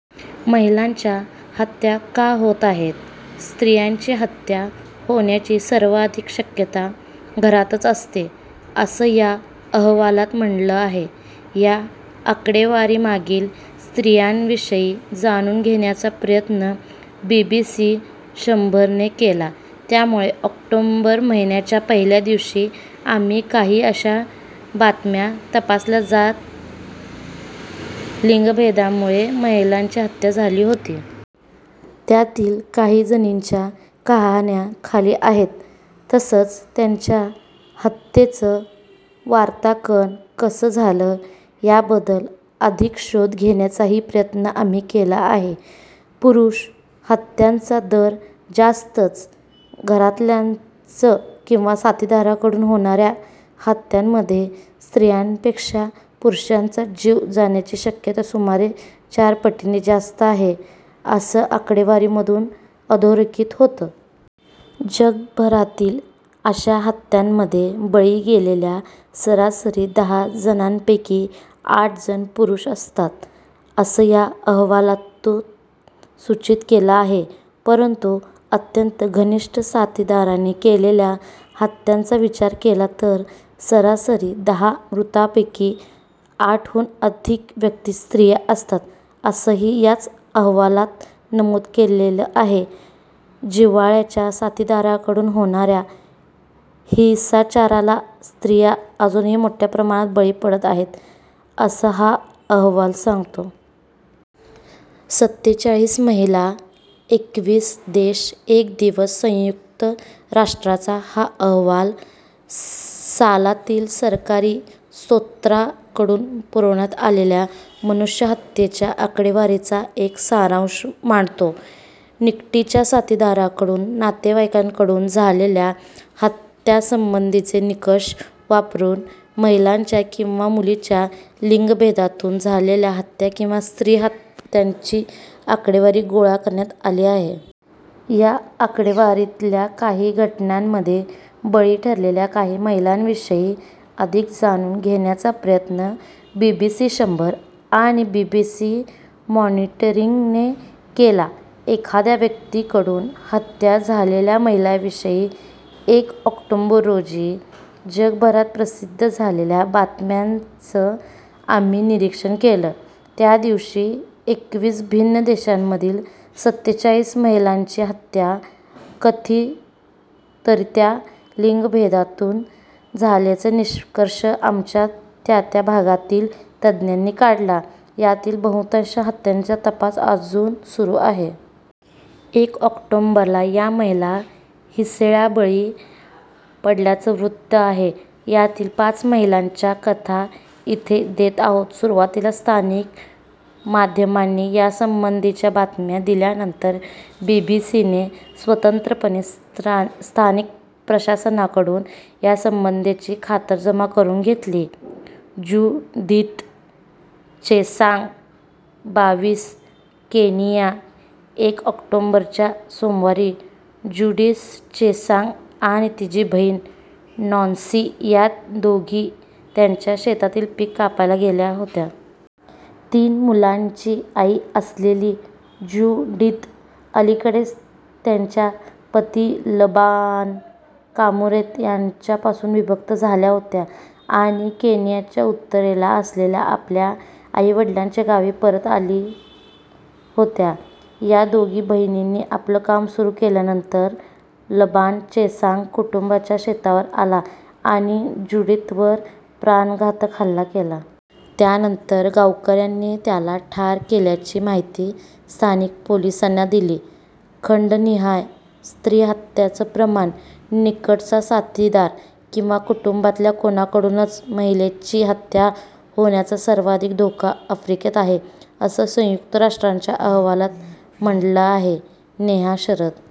महिलांच्या हत्या का होत आहेत स्त्रियांची हत्या होण्याची सर्वाधिक शक्यता घरातच असते, असं या अहवालात म्हटलं आहे. या आकडेवारीमागील स्त्रियांविषयी जाणून घेण्याचा प्रयत्न बीबीसी शंभरने केला त्यामुळे ऑक्टोबर महिन्याच्या पहिल्या दिवशी आम्ही काही अशा बातम्या तपासल्या ज्यात लिंगभेदामुळे महिलांची हत्या झाली होती. त्यातील काही जणींच्या कहाण्या खाली आहेत. तसंच त्यांच्या हत्येचं वार्तांकन कसं झालं, याबद्दल अधिक शोध घेण्याचाही प्रयत्न आम्ही केला आहे. पुरुष हत्यांचा दर जास्तच घरातल्याच किंवा साथीदाराकडून होणाऱ्या हत्यांमध्ये स्त्रियांपेक्षा पुरुषांचा जीव जाण्याची शक्यता सुमारे चार पटींनी जास्त आहे, असं आकडेवारीमधून अधोरेखित होतं. जगभरातील अशा हत्यांमध्ये बळी गेलेल्या सरासरी दहा जणांपैकी आठ जण पुरुष असतात, असं या अहवालात सूचित केलं आहे परंतु, अत्यंत घनिष्ठ साथीदाराने केलेल्या हत्यांचा विचार केला तर सरासरी दहा मृतांपैकी आठहून अधिक व्यक्ती स्त्रिया असतात, असंही याच अहवालात नमूद केलेलं आहे जिव्हाळ्याच्या साथीदाराकडून होणाऱ्या हिंसाचाराला स्त्रिया अजूनही मोठ्या प्रमाणात बळी पडत आहेत, असं हा अहवाल सांगतो. सत्तेचाळीस महिला, एकवीस देश, एक दिवस संयुक्त राष्ट्रांचा हा अहवाल सालातील सरकारी स्त्रोतांकडून पुरवण्यात आलेल्या मनुष्यहत्येच्या आकडेवारीचा एक सारांश मांडतो निकटच्या साथीदाराकडून नातेवाईकाकडून झालेल्या हत्यांसंबंधीचे निकष वापरून महिलांच्या आणि मुलींच्या लिंगभेदातून झालेल्या हत्या किंवा स्त्री हत्यांची आकडेवारी गोळा करण्यात आली आहे. या आकडेवारीतल्या काही घटनांमध्ये बळी ठरलेल्या काही महिलांविषयी अधिक जाणून घेण्याचा प्रयत्न बीबीसी शंभर आणि बीबीसी मॉनिटरिंगने केला एखाद्या व्यक्तीकडून हत्या झालेल्या महिलांविषयी एक ऑक्टोबर रोजी जगभरात प्रसिद्ध झालेल्या बातम्यांचं आम्ही निरीक्षण केलं त्या दिवशी एकवीस भिन्न देशांमधील सत्तेचाळीस महिलांची हत्या कथितरीत्या लिंगभेदातून झाल्याचा निष्कर्ष आमच्या त्यात्या भागांमधील तज्ज्ञांनी काढला यातील बहुतांश हत्यांचा तपास अजूनही सुरू आहे. एक ऑक्टोबरला या महिला हिंसेला बळी पडल्याचं वृत्त आहे यातील पाच महिलांच्या कथा इथे देत आहोत सुरुवातीला स्थानिक माध्यमांनी यासंबंधीच्या बातम्या दिल्यानंतर बीबीसीने स्वतंत्रपणे स्थानिक प्रशासनाकडून यासंबंधीची खातरजमा करून घेतली. ज्युडिथ चेसांग, बावीस केनिया एक ऑक्टोबरच्या सोमवारी ज्युडिथ चेसांग आणि तिची बहीण नॅन्सी या दोघी त्यांच्या शेतातील पीक कापायला गेल्या होत्या। तीन मुलांची आई असलेल्या ज्युडिथ अलीकडेच त्यांच्या पती लबान कामुरेन यांच्यापासून विभक्त झाल्या होत्या, आणि केनियाच्या उत्तरेला असलेल्या आपल्या आईवडिलांच्या गावी परत आली होत्या. या दोघी बहिणींनी आपलं काम सुरू केल्यानंतर लबान चेसांग कुटुंबाच्या शेतावर आला आणि ज्युडिथवर प्राणघातक हल्ला केला. त्यानंतर गावकऱ्यांनी त्याला ठार केल्याची माहिती स्थानिक पोलिसांनी दिली. खंडनिहाय स्त्रीहत्यांचं प्रमाण निकटचा साथीदार किंवा कुटुंबातल्या कुणाकडूनच महिलांची हत्या होण्याचा सर्वाधिक धोका आफ्रिकेत आहे, असं संयुक्त राष्ट्रांच्या अहवालात म्हटलं आहे. नेहा शरद